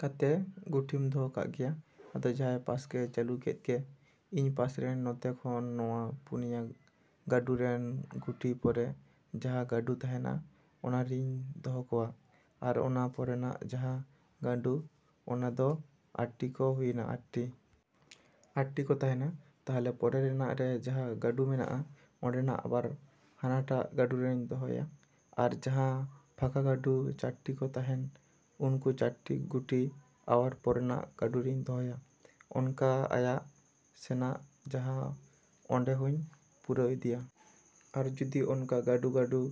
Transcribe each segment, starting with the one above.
ᱠᱟᱛᱮ ᱜᱩᱴᱷᱤᱢ ᱫᱚᱦᱚ ᱠᱟᱜ ᱜᱮᱭᱟ, ᱟᱫᱚ ᱡᱟᱦᱟᱸᱭ ᱯᱟᱥ ᱜᱮᱭ ᱪᱟᱹᱞᱩ ᱠᱮᱫ ᱜᱮ᱾ ᱤᱧ ᱯᱟᱥ ᱨᱮᱱ ᱱᱚᱛᱮ ᱠᱷᱚᱱ ᱱᱚᱣᱟ ᱯᱩᱱᱭᱟ ᱜᱟᱹᱰᱩ ᱨᱮᱱ ᱜᱩᱴᱷᱤ ᱯᱚᱨᱮ ᱡᱟᱦᱟᱸ ᱜᱟᱹᱰᱩ ᱛᱟᱦᱮᱱᱟ ᱚᱱᱟ ᱨᱤᱧ ᱫᱚᱦᱚ ᱠᱚᱣᱟ᱾ ᱟᱨ ᱚᱱᱟ ᱯᱚᱨᱮᱱᱟᱜ ᱡᱟᱦᱟᱸ ᱜᱟᱹᱰᱩ ᱚᱱᱟ ᱫᱚ ᱟᱴᱴᱤ ᱠᱚ ᱦᱩᱭᱮᱱᱟ, ᱟᱴᱴᱤ᱾ ᱟᱴᱴᱤ ᱠᱚ ᱛᱟᱦᱮᱱᱟ, ᱛᱟᱦᱞᱮ ᱯᱚᱨᱮ ᱨᱮᱱᱟᱜ ᱨᱮ ᱡᱟᱦᱟᱸ ᱜᱟᱹᱰᱩ ᱢᱮᱱᱟᱜᱼᱟ ᱚᱸᱰᱮᱱᱟᱜ ᱟᱵᱟᱨ ᱦᱟᱱᱟᱴᱟᱜ ᱜᱟᱹᱰᱩᱨᱤᱧ ᱫᱚᱦᱚᱭᱟ᱾ ᱟᱨ ᱡᱟᱦᱟᱸ ᱯᱷᱟᱠᱟ ᱜᱟᱹᱰᱩ ᱪᱟᱴᱴᱤ ᱠᱚ ᱛᱟᱦᱮᱱ, ᱩᱱᱠᱩ ᱪᱟᱴᱴᱤ ᱜᱩᱴᱷᱤ ᱟᱵᱟᱨ ᱯᱚᱨᱮᱱᱟᱜ ᱜᱟᱹᱰᱩ ᱨᱤᱧ ᱫᱚᱦᱚᱭᱟ᱾ ᱚᱱᱠᱟ ᱟᱭᱟᱜ ᱥᱮᱱᱟᱜ ᱡᱟᱦᱟᱸ ᱚᱸᱰᱮ ᱦᱚᱸᱧ ᱯᱩᱨᱟᱹᱣ ᱤᱫᱤᱭᱟ᱾ ᱟᱨ ᱡᱩᱫᱤ ᱚᱱᱠᱟ ᱜᱟᱹᱰᱩᱼᱜᱟᱹᱰᱩ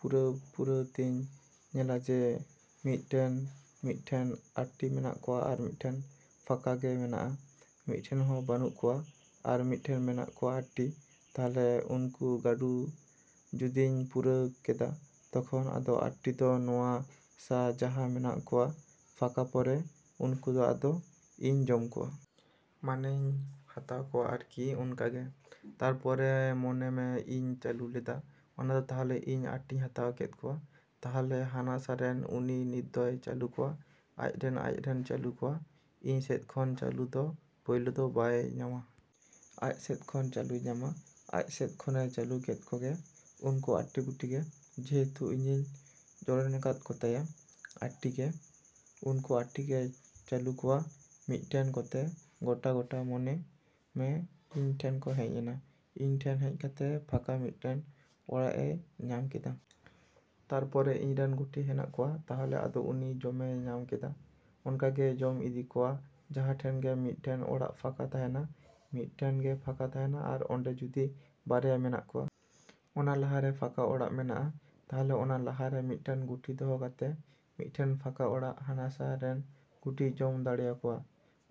ᱯᱩᱨᱟᱹᱣᱼᱯᱩᱨᱟᱹᱣ ᱛᱮᱧ ᱧᱮᱞᱟ ᱡᱮ, ᱢᱤᱫᱴᱮᱱ, ᱢᱤᱫᱴᱷᱮᱱ ᱟᱴᱴᱤ ᱢᱮᱱᱟᱜ ᱠᱚᱣᱟ ᱟᱨ ᱢᱤᱫᱴᱷᱮᱱ ᱯᱷᱟᱸᱠᱟ ᱜᱮ ᱢᱮᱱᱟᱜᱼᱟ ᱢᱤᱫᱴᱮᱱ ᱦᱚᱸ ᱵᱟᱹᱱᱩᱜ ᱠᱚᱣᱟ, ᱟᱨ ᱢᱤᱫ ᱴᱷᱮᱱ ᱢᱮᱱᱟᱜ ᱠᱚᱣᱟ ᱟᱴᱴᱤ᱾ ᱛᱟᱦᱞᱮ ᱩᱱᱠᱩ ᱜᱟᱹᱰᱩ ᱡᱩᱫᱤᱧ ᱯᱩᱨᱟᱹᱣ ᱠᱮᱫᱟ ᱛᱚᱠᱷᱚᱱ ᱟᱫᱚ ᱟᱴᱴᱤ ᱫᱚ ᱱᱚᱣᱟ ᱥᱟ ᱡᱟᱦᱟᱸ ᱢᱮᱱᱟᱜ ᱠᱚᱣᱟ ᱯᱷᱟᱸᱠᱟ ᱯᱚᱨᱮ ᱩᱱᱠᱩ ᱫᱚ ᱟᱫᱚ ᱤᱧ ᱡᱚᱢ ᱠᱚᱣᱟ᱾ ᱢᱟᱱᱮᱧ ᱦᱟᱛᱟᱣ ᱠᱚᱣᱟ ᱟᱨᱠᱤ ᱚᱱᱠᱟᱜᱮ᱾ ᱛᱟᱨᱯᱚᱨᱮ ᱢᱚᱱᱮ ᱢᱮ ᱤᱧ ᱪᱟᱹᱞᱩ ᱞᱮᱫᱟ ᱚᱱᱟ ᱫᱚ ᱛᱟᱦᱞᱮ ᱤᱧ ᱟᱴᱴᱤᱧ ᱦᱟᱛᱟᱣ ᱠᱮᱫ ᱠᱚᱣᱟ᱾ ᱛᱟᱦᱞᱮ ᱦᱟᱱᱟ ᱥᱟ ᱨᱮᱱ ᱩᱱᱤ ᱱᱤᱛ ᱫᱚᱭ ᱪᱟᱹᱞᱩ ᱠᱚᱣᱟ ᱟᱡᱨᱮᱱᱮ ᱟᱡᱨᱮᱱᱮ ᱪᱟᱞᱩ ᱠᱚᱣᱟ᱾ ᱤᱧ ᱥᱮᱫ ᱠᱷᱚᱱ ᱪᱟᱞᱩ ᱫᱚ ᱯᱳᱭᱞᱳ ᱫᱚ ᱵᱟᱭ ᱧᱟᱢᱟ᱾ ᱟᱡ ᱥᱮᱫ ᱠᱷᱚᱱ ᱪᱟᱹᱞᱩᱭ ᱧᱟᱢᱟ᱾ ᱟᱡ ᱥᱮᱫ ᱠᱷᱚᱱᱮᱭ ᱪᱟᱹᱞᱩ ᱠᱮᱫ ᱠᱚᱜᱮ, ᱩᱱᱠᱩ ᱟᱴᱴᱤ ᱜᱩᱴᱷᱤ ᱜᱮ᱾ ᱡᱮᱦᱮᱛᱩ ᱤᱧᱤᱧ ᱡᱚᱲᱮᱱᱟᱠᱟᱫ ᱠᱚᱛᱟᱭᱟ ᱟᱴᱴᱤ ᱜᱮ᱾ ᱩᱱᱠᱩ ᱟᱴᱴᱤ ᱜᱮᱭ ᱪᱟᱹᱞᱩ ᱠᱚᱣᱟ ᱢᱤᱫᱴᱮᱱ ᱠᱟᱛᱮ ᱜᱚᱴᱟᱼᱜᱚᱴᱟ ᱢᱚᱱᱮ ᱢᱮ ᱤᱧ ᱴᱷᱮᱱ ᱠᱚ ᱦᱮᱡ ᱮᱱᱟ ᱤᱧ ᱴᱷᱮᱱ ᱦᱮᱡ ᱠᱟᱛᱮ ᱯᱷᱟᱸᱠᱟ ᱢᱤᱫᱴᱮᱱ ᱚᱲᱟᱜ ᱮᱭ ᱧᱟᱢ ᱠᱮᱫᱟ᱾ ᱛᱟᱨᱯᱚᱨᱮ ᱤᱧ ᱨᱮᱱ ᱜᱩᱴᱷᱤ ᱦᱮᱱᱟᱜ ᱠᱚᱣᱟ, ᱛᱟᱦᱞᱮ ᱟᱫᱚ ᱩᱱᱤ ᱡᱚᱢᱮᱭ ᱧᱟᱢ ᱠᱮᱫᱟ᱾ ᱚᱱᱠᱟᱜᱮᱭ ᱡᱚᱢ ᱤᱫᱤ ᱠᱚᱣᱟ᱾ ᱡᱟᱦᱟᱸ ᱴᱷᱮᱱ ᱜᱮ ᱢᱤᱫᱴᱮᱱ ᱚᱲᱟᱜ ᱯᱷᱟᱸᱠᱟ ᱛᱟᱦᱮᱱᱟ, ᱢᱤᱫᱴᱮᱱ ᱜᱮ ᱯᱷᱟᱸᱠᱟ ᱛᱟᱦᱮᱱᱟ ᱟᱨ ᱚᱸᱰᱮ ᱡᱩᱫᱤ ᱵᱟᱨᱭᱟ ᱢᱮᱱᱟᱜ ᱠᱚᱣᱟ᱾ ᱚᱱᱟ ᱞᱟᱦᱟ ᱨᱮ ᱯᱷᱟᱸᱠᱟ ᱚᱲᱟᱜ ᱢᱮᱱᱟᱜᱼᱟ, ᱛᱟᱦᱞᱮ ᱚᱱᱟ ᱞᱟᱦᱟ ᱨᱮ ᱢᱤᱫᱴᱮᱱ ᱜᱩᱴᱷᱤ ᱫᱚᱦᱚ ᱠᱟᱛᱮ ᱢᱤᱫᱴᱮᱱ ᱯᱷᱟᱸᱠ ᱚᱲᱟᱜ ᱦᱟᱱᱟ ᱥᱟ ᱨᱮᱱ ᱜᱩᱴᱷᱤᱭ ᱡᱚᱢ ᱫᱟᱲᱮᱭᱟᱠᱚᱣᱟ᱾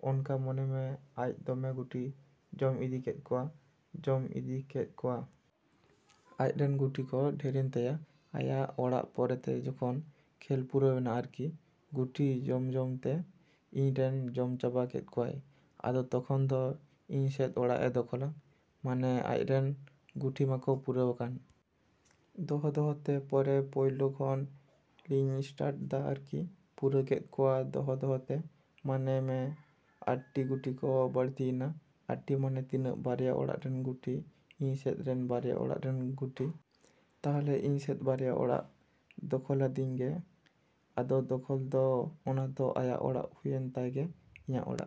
ᱚᱱᱠᱟ ᱢᱚᱱᱮ ᱢᱮ ᱟᱡ ᱫᱚᱢᱮ ᱜᱩᱴᱷᱤᱭ ᱡᱚᱢ ᱤᱫᱤ ᱠᱮᱫ ᱠᱚᱣᱟ, ᱡᱚᱢ ᱤᱫᱤ ᱠᱮᱫ ᱠᱚᱣᱟ᱾ ᱟᱡᱨᱮᱱ ᱜᱩᱴᱷᱤ ᱠᱚ ᱰᱷᱮᱨᱮᱱ ᱛᱟᱭᱟ᱾ ᱟᱭᱟᱜ ᱚᱲᱟᱜ ᱯᱚᱨᱮ ᱛᱮ ᱡᱚᱠᱷᱚᱱ ᱠᱷᱮᱞ ᱯᱩᱨᱟᱹᱣᱱᱟ ᱟᱨᱠᱤ ᱜᱩᱴᱷᱤ ᱡᱚᱢᱼᱡᱚᱢ ᱛᱮ ᱤᱧ ᱨᱮᱱᱮ ᱡᱚᱢ ᱪᱟᱵᱟ ᱠᱮᱫ ᱠᱚᱣᱟᱭ᱾ ᱟᱫᱚ ᱛᱚᱠᱷᱚᱱ ᱫᱚ ᱤᱧ ᱥᱮᱫ ᱚᱲᱟᱜ ᱮ ᱫᱚᱠᱷᱚᱞᱟ᱾ ᱢᱟᱱᱮ ᱟᱡᱨᱚᱱ ᱜᱩᱴᱷᱤ ᱢᱟᱠᱚ ᱯᱩᱨᱟᱹᱣᱟᱠᱟᱱ᱾ ᱫᱚᱦᱚᱼᱫᱚᱦᱚᱛᱮ ᱯᱚᱨᱮ ᱯᱳᱭᱞᱳ ᱠᱷᱚᱱ ᱞᱤᱧ ᱮᱥᱴᱟᱴ ᱫᱟ ᱟᱨᱠᱤ᱾ ᱯᱩᱨᱟᱹᱣ ᱠᱮᱫ ᱠᱚᱣᱟ ᱫᱚᱦᱚ ᱫᱚᱦᱚ ᱛᱮ, ᱢᱚᱱᱮ ᱢᱮ ᱟᱴᱴᱤ ᱜᱩᱴᱷᱤ ᱠᱚ ᱵᱟᱹᱲᱛᱤᱭᱮᱱᱟ᱾ ᱟᱴᱴᱤ ᱢᱟᱱᱮ ᱛᱤᱱᱟᱹᱜ, ᱵᱟᱨᱭᱟ ᱚᱲᱟᱜ ᱨᱮᱱ ᱜᱩᱴᱷᱤ, ᱤᱧ ᱥᱮᱫ ᱨᱮᱱ ᱵᱟᱨᱭᱟ ᱚᱲᱟᱜ ᱨᱮᱱ ᱜᱩᱴᱷᱤ᱾ ᱛᱟᱦᱞᱮ ᱤᱧ ᱥᱮᱫ ᱵᱟᱨᱭᱟ ᱚᱲᱟᱜ ᱫᱚᱠᱷᱚᱞᱟᱫᱤᱧ ᱜᱮ᱾ ᱟᱫᱚ ᱫᱚᱠᱷᱚᱞ ᱫᱚ, ᱚᱱᱟ ᱫᱚ ᱟᱭᱟᱜ ᱚᱲᱟᱜ ᱦᱩᱭᱮᱱ ᱛᱟᱭ ᱜᱮ, ᱤᱧᱟᱹᱜ ᱚᱲᱟᱜ᱾